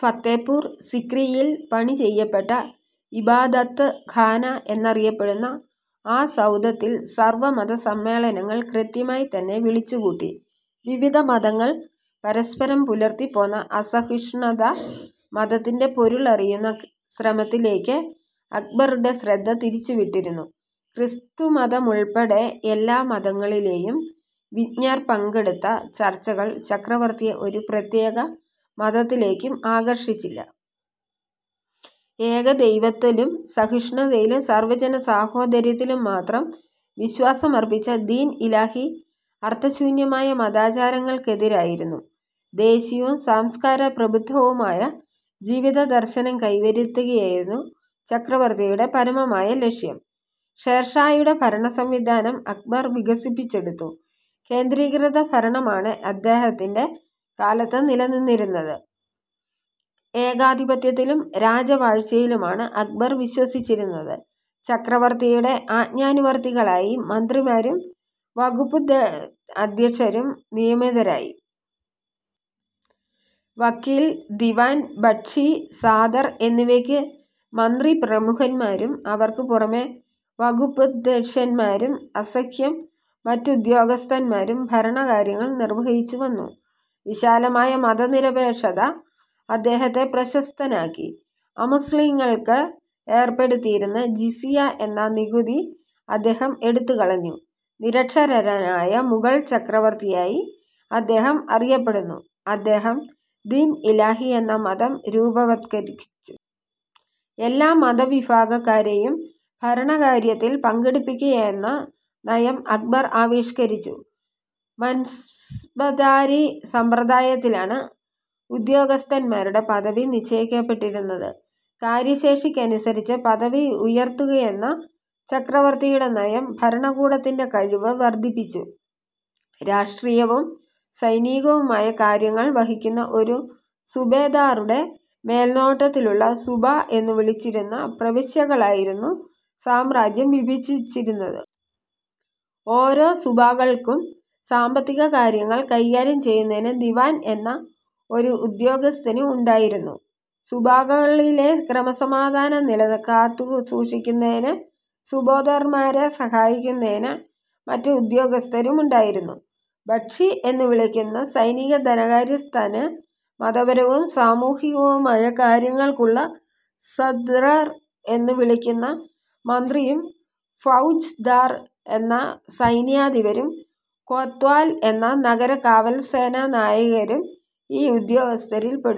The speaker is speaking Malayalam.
ഫത്തേപ്പൂർ സിക്രിയിൽ പണി ചെയ്യപ്പെട്ട 'ഇബാദത്ത് ഖാന' എന്നറിയപ്പെടുന്ന ആ സൌധത്തിൽ സർവമത സമ്മേളനങ്ങൾ കൃത്യമായിത്തന്നെ വിളിച്ചുകൂട്ടി. വിവിധ മതങ്ങൾ പരസ്പരം പുലർത്തിപ്പോന്ന അസഹിഷ്ണുത 'മത'ത്തിന്റെ പൊരുളറിയുന്ന ശ്രമത്തിലേക്ക് അക്ബറുടെ ശ്രദ്ധ തിരിച്ചുവിട്ടിരുന്നു. ക്രിസ്തുമതമുൾപ്പെടെ എല്ലാ മതങ്ങളിലെയും വിജ്ഞർ പങ്കെടുത്ത ചർച്ചകൾ ചക്രവർത്തിയെ ഒരു പ്രത്യേക മതത്തിലേക്കും ആകർഷിച്ചില്ല. ഏകദൈവത്തിലും സഹിഷ്ണുതയിലും സർവജനസാഹോദര്യത്തിലും മാത്രം വിശ്വാസമർപ്പിച്ച 'ദീൻ ഇലാഹി' അർത്ഥശൂന്യമായ മതാചാരങ്ങൾക്കതീതമായിരുന്നു. ദേശീയവും സംസ്കാര പ്രബുദ്ധവുമായ ജീവിതദർശനം കൈവരുത്തുകയായിരുന്നു ചക്രവർത്തിയുടെ പരമമായ ലക്ഷ്യം. ഷേർഷായുടെ ഭരണസംവിധാനം അക്ബർ വികസിപ്പിച്ചെടുത്തു. കേന്ദ്രീകൃത ഭരണമാണു ഇദ്ദേഹത്തിന്റെ കാലത്തു നിലവിലിരുന്നത്. ഏകാധിപത്യത്തിലും രാജവാഴ്ചയിലുമാണ് അക്ബർ വിശ്വസിച്ചിരുന്നത്. ചക്രവർത്തിയുടെ ആജ്ഞാനുവർത്തികളായി മന്ത്രിമാരും വകുപ്പധ്യക്ഷന്മാരും നിയമിതരായി. 'വക്കീൽ', 'ദിവാൻ', 'ബക്ഷി', 'സദർ' എന്നിവയ്ക്കു മന്ത്രിപ്രമുഖന്മാരും അവർക്കു പുറമേ വകുപ്പധ്യക്ഷന്മാരും അസംഖ്യം മറ്റുദ്യോഗസ്ഥന്മാരും ഭരണകാര്യങ്ങൾ നിർവഹിച്ചുവന്നു. വിശാലമായ മതനിരപേക്ഷത അദ്ദേഹത്തെ പ്രശസ്തനാക്കി. അമുസ്ലിംകൾക്ക് ഏർപ്പെടുത്തിയിരുന്നു ജിസിയ എന്ന നികുതി അദ്ദേഹം എടുത്തുകളഞ്ഞു. നിരക്ഷരനായ മുഗൾ ചക്രവർത്തിയായി അദ്ദേഹം അറിയപ്പെടുന്നു. അദ്ദേഹം ദീൻ ഇലാഹി എന്ന മതം രൂപവത്കരിച്ചു. എല്ലാ മതവിഭാഗക്കാരെയും ഭരണകാര്യത്തിൽ പങ്കെടുപ്പിക്കുകയെന്ന നയം അക്ബർ ആവിഷ്കരിച്ചു. 'മൻസബ്ദാരി' സമ്പ്രദായത്തിലാണ് ഉദ്യോഗസ്ഥന്മാരുടെ പദവി നിശ്ചയിക്കപ്പെട്ടിരുന്നത്. കാര്യശേഷിക്കനുസരിച്ച് പദവി ഉയർത്തുകയെന്ന ചക്രവർത്തിയുടെ നയം ഭരണകൂടത്തിന്റെ കഴിവ് വർദ്ധിപ്പിച്ചു. രാഷ്ട്രീയവും സൈനികവുമായ കാര്യങ്ങൾ വഹിക്കുന്ന ഒരു സുബേദാറുടെ മേൽനോട്ടത്തിലുള്ള സുബാ എന്നു വിളിച്ചിരുന്ന പ്രവിശ്യകളായി സാമ്രാജ്യം വിഭജിച്ചിരുന്നു. ഓരോ സുബാകൾക്കും സാമ്പത്തികകാര്യങ്ങൾ കൈകാര്യം ചെയ്യുന്നതിന് ദിവാൻ എന്ന ഒരു ഉദ്യോഗസ്ഥനും ഉണ്ടായിരുന്നു. സുബാകളിലെ ക്രമസമാധാന നില കാത്തു സൂക്ഷിക്കുന്നതിന് സുബേദാർമാരെ സഹായിക്കുന്നതിന് മറ്റു ഉദ്യോഗസ്ഥരുമുണ്ടായിരുന്നു. ബക്ഷി എന്നു വിളിക്കുന്ന സൈനിക ധനകാര്യസ്ഥന് മതപരവും സാമൂഹികവുമായ കാര്യങ്ങൾക്കുള്ള സദ്ർ എന്നു വിളിക്കുന്ന മന്ത്രിയും ഫൗജ്ദാർ എന്ന സൈന്യാധിപരും കോത്വാൽ എന്ന നഗര കാവൽസേനാനായകരും ഈ ഉദ്യോഗസ്ഥരിൽ പെടുന്നു.